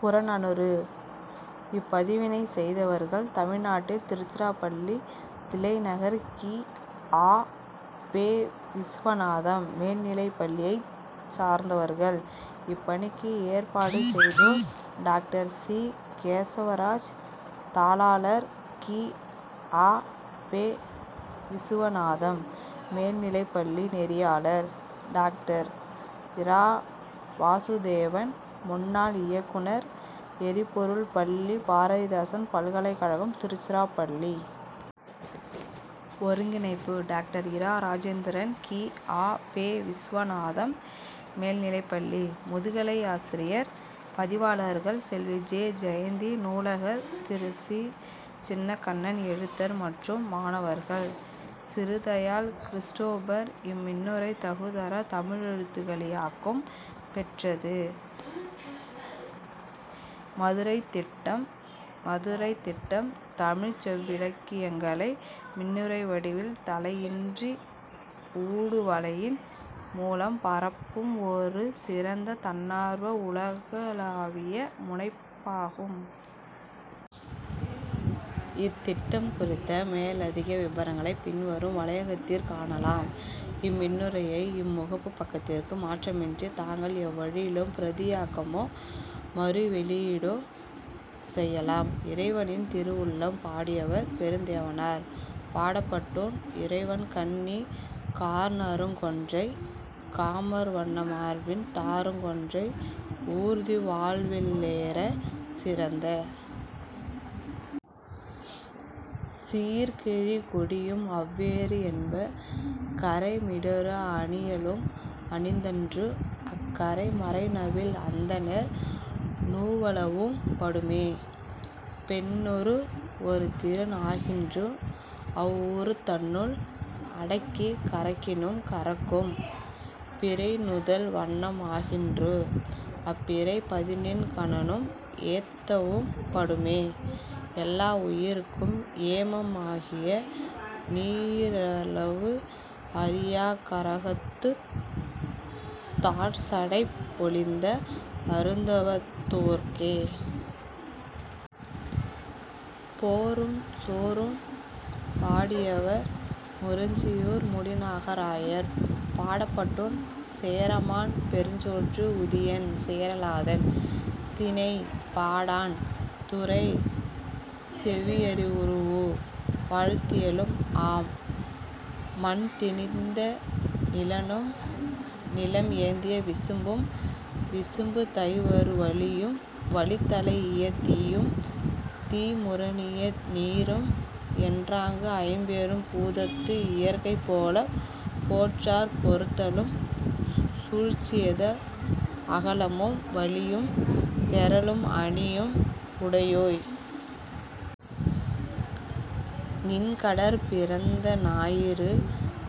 புறநானூறு இப்பதிவினைச் செய்தவர்கள்: தமிழ்நாட்டின் திருச்சிராப்பள்ளி, தில்லைநகர், கி. ஆ. பெ. விசுவநாதம் மேல்நிலைப்பள்ளியைச் சார்ந்தவர்கள் இப்பணிக்கு ஏற்பாடு செய்தோர்:- டாக்டர் சி. கேசவராஜ், தாளாளர், கி. ஆ. பெ. விசுவநாதம் மேல்நிலைப்பள்ளி நெறியாளர்: டாக்டர் இரா. வாசுதேவன், முன்னாள் இயக்குநர், எரிபொருள் பள்ளி, பாரதிதாசன் பல்கலைக்கழகம், திருச்சிராப்பள்ளி. ஒருங்கிணைப்பு:- டாக்டர். இரா. இராஜேந்திரன், கி. ஆ. பெ. விசுவநாதம் மேல்நிலைப்பள்ளி, முதுகலையாசிரியர் பதிவாளர்கள்: செல்வி. ஜெ. ஜெயந்தி, நூலகர்; திரு. ச. சின்னக்கண்ணன், எழுத்தர் மற்றும் மாணவர்கள்: சிவதயாள், கிறிஸ்டோபர் இம்மின்னுரை தகுதர தமிழெழுத்துக்களிலாக்கப் பெற்றது. மதுரைத் திட்டம் மதுரைத் திட்டம் தமிழ்ச் செவ்விலக்கியங்களை மின்னுரைவடிவில், தளையின்றி ஊடுவலையின் மூலம் பரப்பும் ஒரு திறந்த, தன்னார்வ, உலகளாவியமுனைப்பாகும். இத்திட்டம் குறித்த மேலதிக விபரங்களைப் பின்வரும் வலையகத்திற் காணலாம். இம்மின்னுரையை, இம்முகப்புப் பக்கத்திற்கு மாற்றமின்றி, தாங்கள் எவ்வழியிலும் பிரதியாக்கமோ, மறுவெளியீடோ செய்யலாம்.. இறைவனின் திருவுள்ளம்! பாடியவர்:பெருந்தேவனார். பாடப்பட்டோன்: இறைவன் கண்ணி கார்நறுங் கொன்றை; காமர் வண்ண மார்பின் தாருங் கொன்றை; ஊர்தி வால்வெள் ளேறே; சிறந்த சீர்கெழு கொடியும் அவ்வேறு என்ப; கறைமிடறு அணியலும் அணிந்தன்று; அக்கறை மறைநவில் அந்தணர் நுவலவும் படுமே; பெண்ணுரு ஒரு திறன் ஆகின்று; அவ்வுருத் தன்னுள் அடக்கிக் கரக்கினும் கரக்கும்; பிறை நுதல் வண்ணம் ஆகின்று; அப்பிறை பதினெண் கணனும் ஏத்தவும் படுமே; எல்லா உயிர்க்கும் ஏமம் ஆகிய, நீரறவு அறியாக் கரகத்துத், தாழ்சடைப் பொலிந்த அருந்தவத் தோற்கே.. போரும் சோறும்! பாடியவர்: முரஞ்சியூர் முடிநாகராயர். பாடப்பட்டோன்: சேரமான் பெருஞ்சோற்று உதியன் சேரலாதன். திணை: பாடாண். துறை: செவியறிவுறூஉ; வாழ்த்தியலும் ஆம். மண் திணிந்த நிலனும், நிலம் ஏந்திய விசும்பும், விசும்பு தைவரு வளியும் வளித் தலைஇய தீயும், தீ முரணிய நீரும், என்றாங்கு ஐம்பெரும் பூதத்து இயற்கை போலப் போற்றார்ப் பொறுத்தலும், சூழ்ச்சியது அகலமும் வலியும், தெறலும், அணியும், உடையோய்! நின்கடற் பிறந்த ஞாயிறு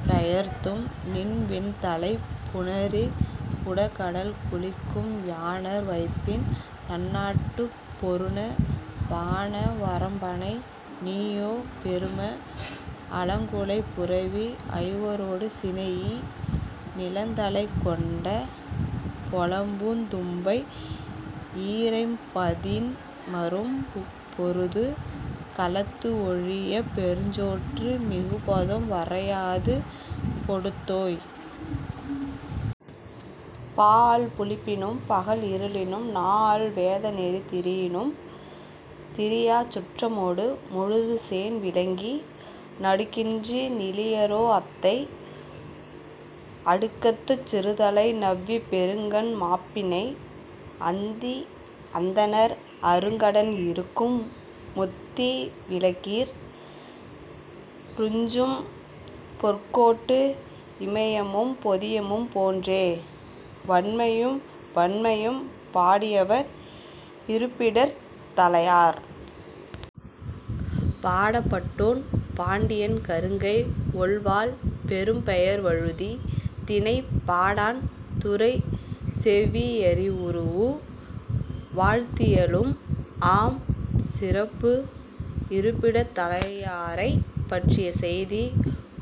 பெயர்த்தும் நின் வெண்தலைப் புணரிக் குடகடல் குளிக்கும் யாணர் வைப்பின், நன்னாட்டுப் பொருந! வான வரம்பனை! நீயோ, பெரும! அலங்குளைப் புரவி ஐவரோடு சினைஇ, நிலந்தலைக் கொண்ட பொலம்பூந் தும்பை ஈரைம் பதின்மரும் பொருது, களத்து ஒழியப் பெருஞ்சோற்று மிகுபதம் வரையாது கொடுத்தோய்! பாஅல் புளிப்பினும், பகல் இருளினும், நாஅல் வேத நெறி திரியினும் திரியாச் சுற்றமொடு முழுதுசேண் விளங்கி, நடுக்கின்றி நிலியரோ அத்தை; அடுக்கத்துச், சிறுதலை நவ்விப் பெருங்கண் மாப்பிணை, அந்தி அந்தணர் அருங்கடன் இறுக்கும் முத்தீ விளக்கிற், றுஞ்சும் பொற்கோட்டு இமயமும், பொதியமும், போன்றே!.வன்மையும் வண்மையும்! பாடியவர்: இரும்பிடர்த் தலையார். பாடப்பட்டோன்: பாண்டியன் கருங்கை ஒள்வாள் பெரும்பெயர் வழுதி. திணை: பாடாண். துறை: செவியறிவுறூஉ; வாழ்த்தியலும் ஆம். சிறப்பு: இரும்பிடத் தலையாரைப் பற்றிய செய்தி.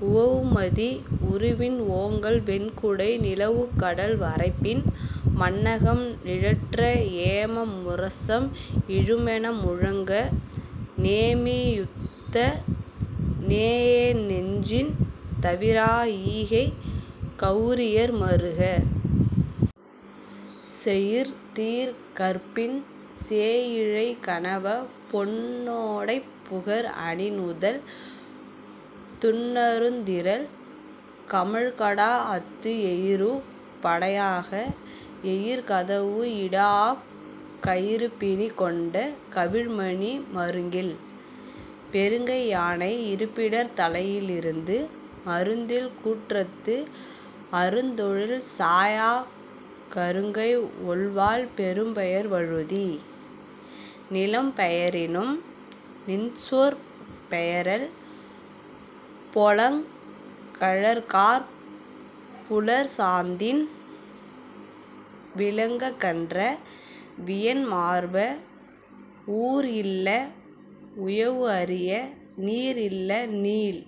உவவுமதி உருவின் ஓங்கல் வெண்குடை நிலவுக்கடல் வரைப்பின் மண்ணகம் நிழற்ற, ஏம முரசம் இழுமென முழங்க, நேமி யுய்த்த நேஎ நெஞ்சின், தவிரா ஈகைக், கவுரியர் மருக! செயிர்தீர் கற்பின் சேயிழை கணவ! பொன் னோடைப் புகர் அணிநுதல் துன்னருந் திறல் கமழ்கடா அத்து எயிரு படையாக, எயிற்கதவு இடாஅக் கயிறுபிணிக் கொண்ட கவிழ்மணி மருங்கில். பெருங்கை யானை இரும்பிடர்த் தலையிருந்து மருந்தில் கூற்றத்து அருந்தொழில் சாயாக் கருங்கை ஒள்வாள் பெரும்பெயர் வழுதி! நிலம் பெயரினும், நின்சொற் பெயரல்; பொலங் கழற்காற், புலர் சாந்தின் விலங் ககன்ற வியன் மார்ப! ஊர் இல்ல, உயவு அரிய, நீர் இல்ல, நீள்